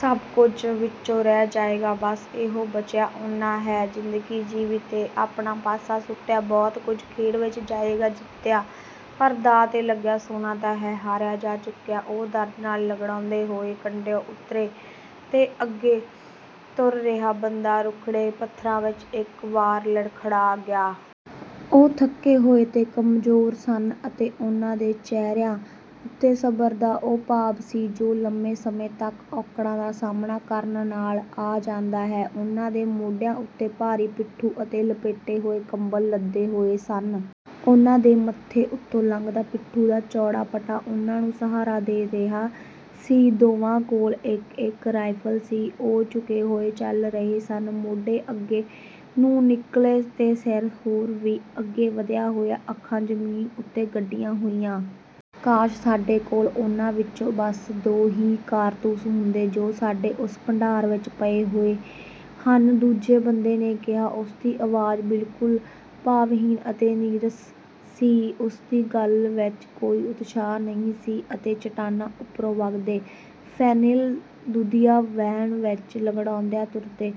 ਸਭ ਕੁੱਝ ਵਿੱਚੋਂ ਰਹਿ ਜਾਏਗਾ, ਬਸ ਇਹੋ ਬਚਿਆ ਉਹਨਾਂ ਹੈ। ਜ਼ਿੰਦਗੀ ਜੀਵੀ ਤੇ ਆਪਣਾ ਪਾਸਾ ਸੁੱਟਿਆ। ਬਹੁਤ ਕੁੱਝ ਖੇਡ ਵਿੱਚ ਜਾਏਗਾ, ਜਿੱਤਿਆ; ਪਰ ਦਾਅ 'ਤੇ ਲੱਗਿਆ ਸੋਨਾ ਤਾਂ ਹੈ ਹਾਰਿਆ ਜਾ ਚੁੱਕਿਆ। ਉਹ ਦਰਦ ਨਾਲ਼ ਲੰਗੜਾਉਂਦੇ ਹੋਏ ਕੰਢਿਓਂ ਉੱਤਰੇ ਤੇ ਅੱਗੇ ਤੁਰ ਰਿਹਾ ਬੰਦਾ ਰੁੱਖੜੇ ਪੱਥਰਾਂ ਵਿੱਚ ਇੱਕ ਵਾਰ ਲੜਖੜਾ ਗਿਆ। ਉਹ ਥੱਕੇ ਹੋਏ ਤੇ ਕਮਜ਼ੋਰ ਸਨ ਅਤੇ ਉਨ੍ਹਾਂ ਦੇ ਚਿਹਰਿਆਂ ਉੱਤੇ ਸਬਰ ਦਾ ਉਹ ਭਾਵ ਸੀ, ਜੋ ਲੰਮੇ ਸਮੇਂ ਤੱਕ ਔਕੜਾਂ ਦਾ ਸਾਹਮਣਾ ਕਰਨ ਨਾਲ਼ ਆ ਜਾਂਦਾ ਹੈ। ਉਨ੍ਹਾਂ ਦੇ ਮੋਢਿਆਂ ਉੱਤੇ ਭਾਰੀ ਪਿੱਠੂ ਅਤੇ ਲਪੇਟੇ ਹੋਏ ਕੰਬਲ਼ ਲੱਦੇ ਹੋਏ ਸਨ। ਉਨ੍ਹਾਂ ਦੇ ਮੱਥੇ ਉੱਤੋਂ ਲੰਘਦਾ ਪਿੱਠੂ ਦਾ ਚੌੜਾ ਪਟਾ ਉਹਨਾਂ ਨੂੰ ਸਹਾਰਾ ਦੇ ਰਿਹਾ ਸੀ। ਦੋਵਾਂ ਕੋਲ਼ ਇੱਕ-ਇੱਕ ਰਾਇਫਲ ਸੀ। ਉਹ ਝੁਕੇ ਹੋਏ ਚੱਲ ਰਹੇ ਸਨ; ਮੋਢੇ ਅੱਗੇ ਨੂੰ ਨਿੱਕਲ਼ੇ ਅਤੇ ਸਿਰ ਹੋਰ ਵੀ ਅੱਗੇ ਵਧਿਆ ਹੋਇਆ, ਅੱਖਾਂ ਜ਼ਮੀਨ ਉੱਤੇ ਗੱਡੀਆਂ ਹੋਈਆਂ। "ਕਾਸ਼ ਸਾਡੇ ਕੋਲ਼ ਉਨ੍ਹਾਂ ਵਿੱਚੋਂ ਬੱਸ ਦੋ ਹੀ ਕਾਰਤੂਸ ਹੁੰਦੇ, ਜੋ ਸਾਡੇ ਉਸ ਭੰਡਾਰ ਵਿੱਚ ਪਏ ਹੋਏ ਹਨ।" ਦੂਜੇ ਬੰਦੇ ਨੇ ਕਿਹਾ। ਉਸਦੀ ਅਵਾਜ਼ ਬਿਲਕੁਲ ਭਾਵਹੀਣ ਅਤੇ ਨੀਰਸ ਸੀ। ਉਸਦੀ ਗੱਲ ਵਿੱਚ ਕੋਈ ਉਤਸ਼ਾਹ ਨਹੀਂ ਸੀ ਅਤੇ ਚੱਟਾਨਾਂ ਉੱਪਰੋਂ ਵਗਦੇ ਫੇਨਿਲ ਦੁਧੀਆ ਵਹਿਣ ਵਿੱਚ ਲੰਗੜਾਉਂਦਿਆਂ ਤੁਰਦੇ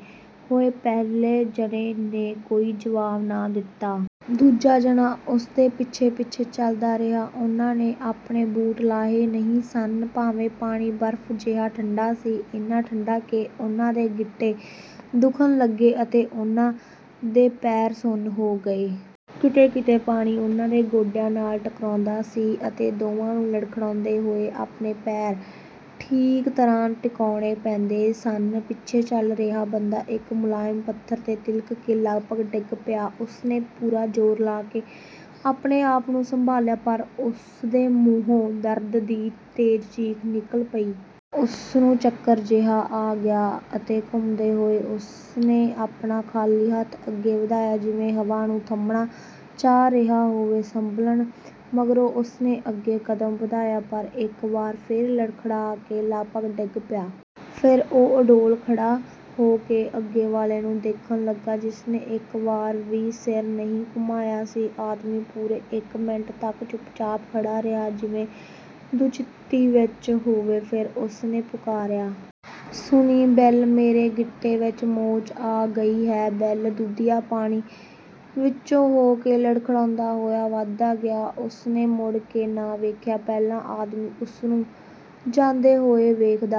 ਹੋਏ ਪਹਿਲੇ ਜਣੇ ਨੇ ਕੋਈ ਜਵਾਬ ਨਾ ਦਿੱਤਾ। ਦੂਜਾ ਜਣਾ ਉਸਦੇ ਪਿੱਛੇ-ਪਿੱਛੇ ਚੱਲਦਾ ਰਿਹਾ। ਉਨ੍ਹਾਂ ਨੇ ਆਪਣੇ ਬੂਟ ਲਾਹੇ ਨਹੀਂ ਸਨ, ਭਾਵੇਂ ਪਾਣੀ ਬਰਫ ਜਿਹਾ ਠੰਡਾ ਸੀ, ਇੰਨਾ ਠੰਡਾ ਕਿ ਉਨ੍ਹਾਂ ਦੇ ਗਿੱਟੇ ਦੁਖਣ ਲੱਗੇ ਅਤੇ ਉਨ੍ਹਾਂ ਦੇ ਪੈਰ ਸੁੰਨ ਹੋ ਗਏ। ਕਿਤੇ-ਕਿਤੇ ਪਾਣੀ ਉਨ੍ਹਾਂ ਦੇ ਗੋਡਿਆਂ ਨਾਲ਼ ਟਕਰਾਉਂਦਾ ਸੀ ਅਤੇ ਦੋਵਾਂ ਨੂੰ ਲੜਖੜਾਉਂਦੇ ਹੋਏ ਆਪਣੇ ਪੈਰ ਠੀਕ ਤਰ੍ਹਾਂ ਟਿਕਾਉਂਣੇ ਪੈਂਦੇ ਸਨ। ਪਿੱਛੇ ਚੱਲ ਰਿਹਾ ਬੰਦ ਇੱਕ ਮੁਲਾਇਮ ਪੱਥਰ 'ਤੇ ਤਿਲਕ ਕੇ ਲਗਭਗ ਡਿੱਗ ਪਿਆ; ਉਸਨੇ ਪੂਰਾ ਜ਼ੋਰ ਲਾ ਕੇ ਆਪਣੇ-ਆਪ ਨੂੰ ਸੰਭਾਲ਼ਿਆ, ਪਰ ਉਸਦੇ ਮੂੰਹੋਂ ਦਰਦ ਦੀ ਤੇਜ਼ ਚੀਖ ਨਿੱਕਲ਼ ਪਈ। ਉਸਨੂੰ ਚੱਕਰ ਜਿਹਾ ਆ ਗਿਆ ਅਤੇ ਘੁੰਮਦੇ ਹੋਏ ਉਸਨੇ ਆਪਣਾ ਖਾਲੀ ਹੱਥ ਅੱਗੇ ਵਧਾਇਆ, ਜਿਵੇਂ ਹਵਾ ਨੂੰ ਥੰਮਣਾ ਚਾਹ ਰਿਹਾ ਹੋਵੇ। ਸੰਭਲਣ ਮਗਰੋਂ ਉਸਨੇ ਅੱਗੇ ਕਦਮ ਵਧਾਇਆ, ਪਰ ਇੱਕ ਵਾਰ ਫਿਰ ਲੜਖੜਾ ਕੇ ਲਗਭਗ ਡਿੱਗ ਪਿਆ। ਫਿਰ ਉਹ ਅਡੋਲ ਖੜਾ ਹੋ ਕੇ ਅੱਗੇ ਵਾਲ਼ੇ ਨੂੰ ਦੇਖਣ ਲੱਗਾ, ਜਿਸਨੇ ਇੱਕ ਵਾਰ ਵੀ ਸਿਰ ਨਹੀਂ ਘੁੰਮਾਇਆ ਸੀ। ਆਦਮੀ ਪੂਰੇ ਇੱਕ ਮਿੰਟ ਤੱਕ ਚੁੱਪਚਾਪ ਖੜਾ ਰਿਹਾ, ਜਿਵੇਂ ਦੁਚਿੱਤੀ ਵਿੱਚ ਹੋਵੇ। ਫਿਰ ਉਸਨੇ ਪੁਕਾਰਿਆ। "ਸੁਣੀਂ, ਬਿਲ, ਮੇਰੇ ਗਿੱਟੇ ਵਿੱਚ ਮੋਚ ਆ ਗਈ ਹੈ।" ਬਿਲ ਦੁਧੀਆ ਪਾਣੀ ਵਿੱਚੋਂ ਹੋ ਕੇ ਲੜਖੜਾਉਂਦਾ ਹੋਇਆ ਵਧਦਾ ਗਿਆ। ਉਸਨੇ ਮੁੜ ਕੇ ਨਾ ਵੇਖਿਆ। ਪਹਿਲਾ ਆਦਮੀ ਉਸਨੂੰ ਜਾਂਦੇ ਹੋਏ ਵੇਖਦਾ